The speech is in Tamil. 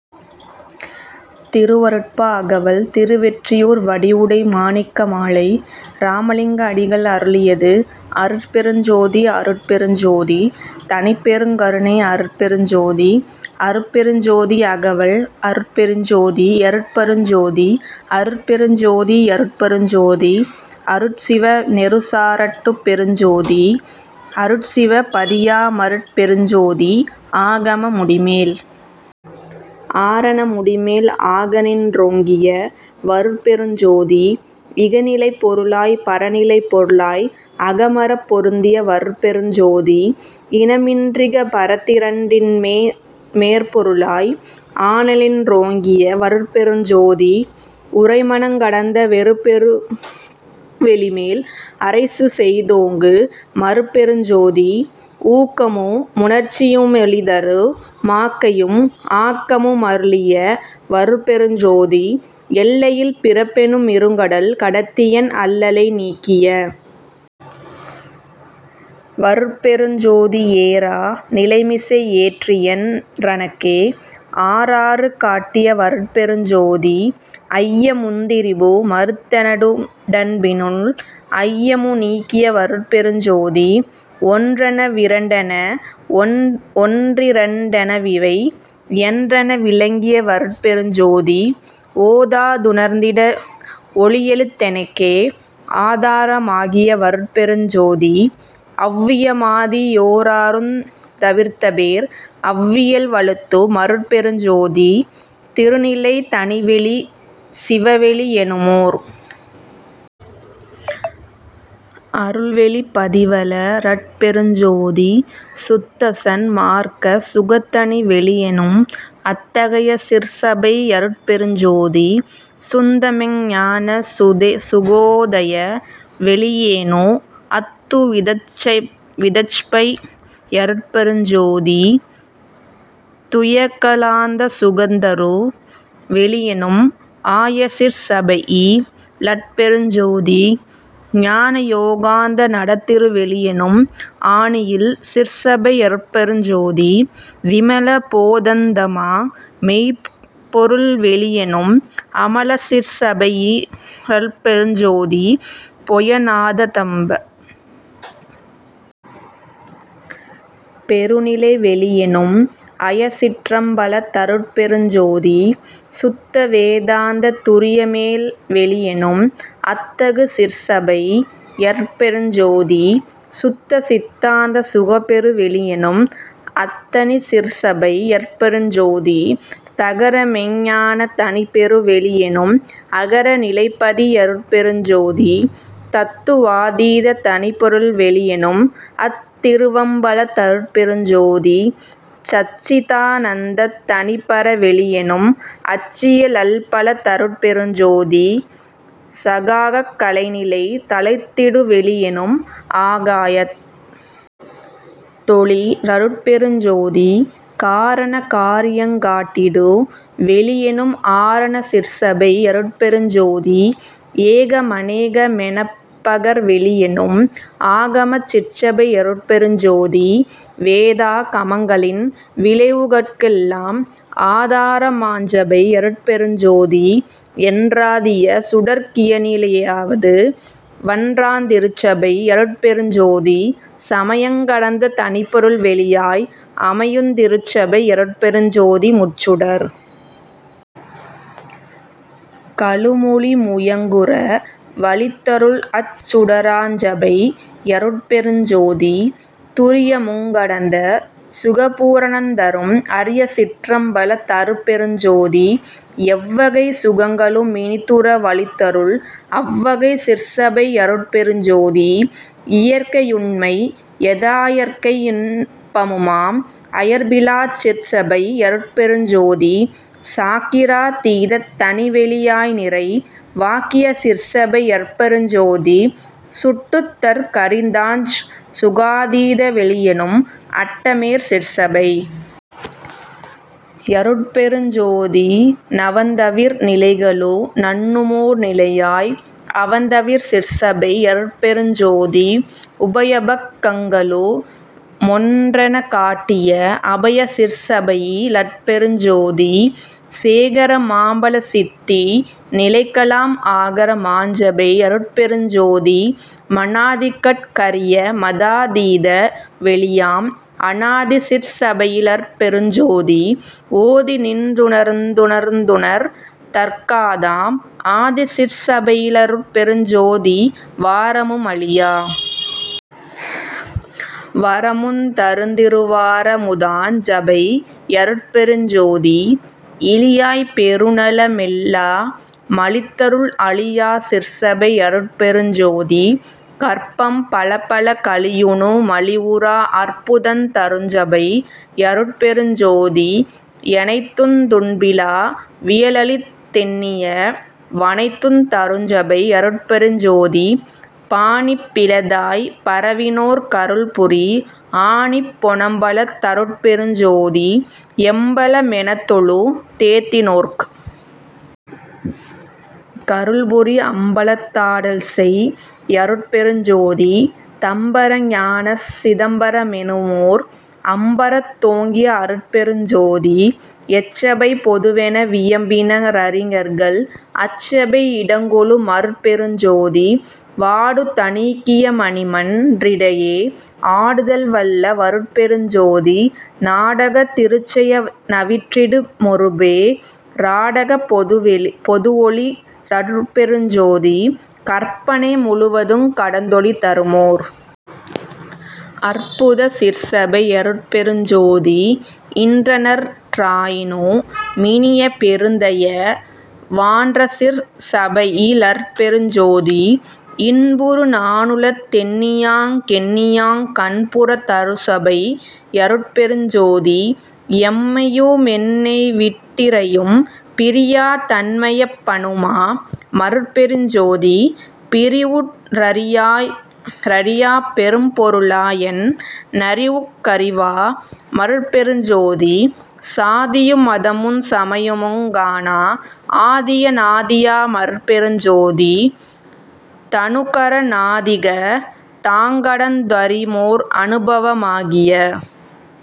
திருவருட்பா -அகவல் திருவெற்றியூர் வடிவுடை மாணிக்க மாலை இராமலிங்க அடிகள் அருளியது அருட்பெருஞ் ஜோதி அருட்பெருஞ் ஜோதி தனிப்பெருங்கருணை அருட்பெருஞ் ஜோதி அருட்பெருஞ் ஜோதி அகவல் அருட்பெருஞ் ஜோதி யருட்பெருஞ் ஜோதி அருட்பெருஞ் ஜோதி யருட்பெருஞ் ஜோதி அருட்சிவ நெறுசாரருட்பெருஞ்ஜோதி அருட்சிவ பதியாமருட்பெருஞ்ஜோதி ஆகம முடிமேல் ஆரண முடிமேல் ஆகநின் றோங்கிய வருட்பெருஞ்ஜோதி இகநிலைப் பொருளாய்ப் பரநிலைப் பொருளாய் அகமறப் பொருந்திய வருட்பெருஞ்ஜோதி இனமின்றிகபரத்திரண்டின்மேற்பொருளாய் ஆனலின்றோங்கிய வருட்பெருஞ்ஜோதி உரைமனங் கடந்த வெருபெருவெளிமேல் அரைசுசெய் தோங்கு மருட்பெருஞ்ஜோதி ஊக்கமு முணர்ச்சியுமெளிதரு மாக்கையும் ஆக்கமு மருளிய வருட்பெருஞ்ஜோதி எல்லையில் பிறப்பெனு மிருங்கடல் கடத்தியென் அல்லலை நீக்கிய வருட்பெருஞ்ஜோதி ஏறா நிலைமிசை யேற்றியென் றனக்கே ஆறாறு காட்டிய வருட்பெருஞ்ஜோதி ஐயமுந்திரிபு மறுத்தெனதுடம்பினுள் ஐயமு நீக்கிய வருட்பெருஞ்ஜோதி ஒன்றென விரண்டென வொன்றிரண்டெனவிவை யன்றென விளங்கிய வருட்பெருஞ்ஜோதி ஓதாதுணர்ந்திட வொளியளித்தெனக்கே ஆதாரமாகிய வருட்பெருஞ்ஜோதி ஒளவியமாதி யோராறுந் தவிர்த்தபேர் அவ்வியல் வழுத்து மருட்பெருஞ்ஜோதி திருநிலைத் தனிவெளி சிவவெளி யெனுமோர் அருள்வெளிப் பதிவள ரட்பெருஞ்ஜோதி சுத்தசன் மார்க்க சுகத்தனிவெளியெனும் அத்தகையச் சிற்சபை யருட்பெருஞ்ஜோதி சுந்தமெஞ்ஞான சுகோதய வெளியெனு அத்துவிதச்ச்பை யருட்பெருஞ்ஜோதி துயெகலாந்த சுகந்தரு வெளியெனும் ஆயசிற் சபையி லருட்பெருஞ்ஜோதி ஞானயோகாந்த நடத்திருவெளியெனும் ஆனியில் சிற்சபை யருட்பெருஞ்ஜோதி விமல போதந்தமா மெய்ப்பொருள்வெளியெனும் அமல சிற்சபையி லருட்பெருஞ்ஜோதி பொய நாதந்தப் பெருநிலைவெளியெனும் அயசிற்றம்பலத் தருட்பெருஞ்ஜோதி சுத்தவேதாந்தத் துரியமேல்வெளியெனும் அத்தகு சிற்சபை யருட்பெருஞ்ஜோதி சுத்த சித்தாந்த சுகப்பெருவெளியெனும் அத்தனிச் சிற்சபை யருட்பெருஞ்ஜோதி தகரமெய்ஞ்ஞானத் தனிப்பெருவெளியெனும் அகர நிலைப்பதி யருட்பெருஞ்ஜோதி தத்துவாதீத தனிப்பொருள் வெளியெனும் அத்திருவம்பலத் தருட்பெருஞ்ஜோதி சச்சிதானந்தத் தனிப்பரவெளியெனும் அச்சிய லம்பலத் தருட்பெருஞ்ஜோதி சகாக் கலைநிலை தழைத்திடுவெளியெனும் ஆகாயத் தொளி ரருட்பெருஞ்ஜோதி காரண காரியங் காட்டிடு வெளியெனும் ஆரணச் சிற்சபை யருட்பெருஞ்ஜோதி ஏக மனேக மெனப்பகர் வெளியெனும் ஆகமச் சிற்சபை யருட்பெருஞ்ஜோதி வேதா கமங்களின் விளைவுகட்கெல்லாம் ஆதாரமாஞ்சபை யருட்பெருஞ்ஜோதி என்றாதிய சுடர்க் கியனிலையாயது வன்றாந்திருச்சபை யருட்பெருஞ்ஜோதி சமயங் கடந்த தனிப்பொருள் வெளியாய் அமையுந்திருச்சபை யருட்பெருஞ்ஜோதி முச்சுடர் களுமொளி முயங்குற வளித்தருள் அச்சுடராஞ்சபை யருட்பெருஞ்ஜோதி துரியமுங்கடந்த சுகபூரணந்தரும் அரியசிற்றம்பலத் தருட்பெருஞ்ஜோதி எவ்வகைச் சுகங்களு மினிதுற வளித்தருள் அவ்வகைச் சிற்சபை யருட்பெருஞ்ஜோதி இயற்கையுண்மை யதாயியற்கையின்பமுமாம் அயர்ப்பிலாச் சிற்சபை யருட்பெருஞ்ஜோதி சாக்கிரா தீதத் தனிவெளியாய்நிறை வாக்கிய சிற்சபை யருட்பெருஞ்ஜோதி சுட்டுதற் கரிதாஞ் சுகாதீத வெளியெனும் அட்டமேற் சிற்சபை யருட்பெருஞ்ஜோதி நவந்தவிர் நிலைகளு நண்ணுமோர் நிலையாய் அவந்தவிர் சிற்சபை யருட்பெருஞ்ஜோதி உபயபக் கங்களு மொன்றெனக் காட்டிய அபயசிற் சபையி லருட்பெருஞ்ஜோதி சேகர மாம்பல சித்தி நிலைக்கெலாம் ஆகர மாஞ்சபை யருட்பெருஞ்ஜோதி மனாதிகட் கரிய மதாதீத வெளியாம் அனாதி சிற்சபையி லருட்பெருஞ்ஜோதி ஓதிநின்றுணர்ந்துணர்ந்துணர்தற்காதாம் ஆதிசிற்சபையி லருட்பெருஞ்ஜோதிவாரமு மழியா வரமுந் தருந்திருவாரமுதாஞ் சபை யருட்பெருஞ்ஜோதி இழியாப் பெருநல மெல்லா மளித்தருள் அழியாச் சிற்சபை யருட்பெருஞ்ஜோதி கற்பம் பலபல கழியுனு மழிவுறா அற்புதந் தருஞ்சபை யருட்பெருஞ்ஜோதி எனைத்துந் துன்பிலா வியலளித்தெண்ணிய வனைத்துந் தருஞ்சபை யருட்பெருஞ்ஜோதி பாணிப்பிலதாய்ப் பரவினோர்க் கருள்புரி ஆணிப் பொனம்பலத் தருட்பெருஞ்ஜோதி எம்பல மெனத்தொழு தேத்தினோர்க் கருள்புரி அம்பலத்தாடல்செய் யருட்பெருஞ்ஜோதி தம்பர ஞான சிதம்பர மெனுமோர் அம்பரத் தோங்கிய அருட்பெருஞ்ஜோதி எச்சபை பொதுவென வியம்பின ரறிஞர்கள் அச்சபை இடங்கொளு மருட்பெருஞ்ஜோதி வாடுதனீக்கியமணிமன் றிடையே ஆடுதல் வல்ல வருட்பெருஞ்ஜோதி நாடகத் திருச்செய நவிற்றிடு மொருபே ராடகப் பொதுவொளி ரருட்பெருஞ்ஜோதி கற்பனை முழுவதுங் கடந்தொளி தருமோர் அற்புதச் சிற்சபை யருட்பெருஞ்ஜோதி இன்றநற் றாயினு மினிய பெருந்தய வான்றசிற் சபையி லருட்பெருஞ்ஜோதி இன்புறு நானுளத் தெண்ணியாங் கெண்ணியாங் கன்புறத் தருசபை யருட்பெருஞ்ஜோதி எம்மையு மென்னைவிட்டிறையும் பிரியா தம்மையப் பனுமா மருட்பெருஞ்ஜோதி பிறிவுற் றறியா றறியாப் பெரும்பொருளாயென் னறிவுக் கறிவா மருட்பெருஞ்ஜோதி சாதியு மதமுஞ் சமயுமுங் காணா ஆதிய நாதியா மருட்பெருஞ்ஜோதி தநுகர ணாதிக டாங்கடந்தறியுமோர் அனுபவ மாகிய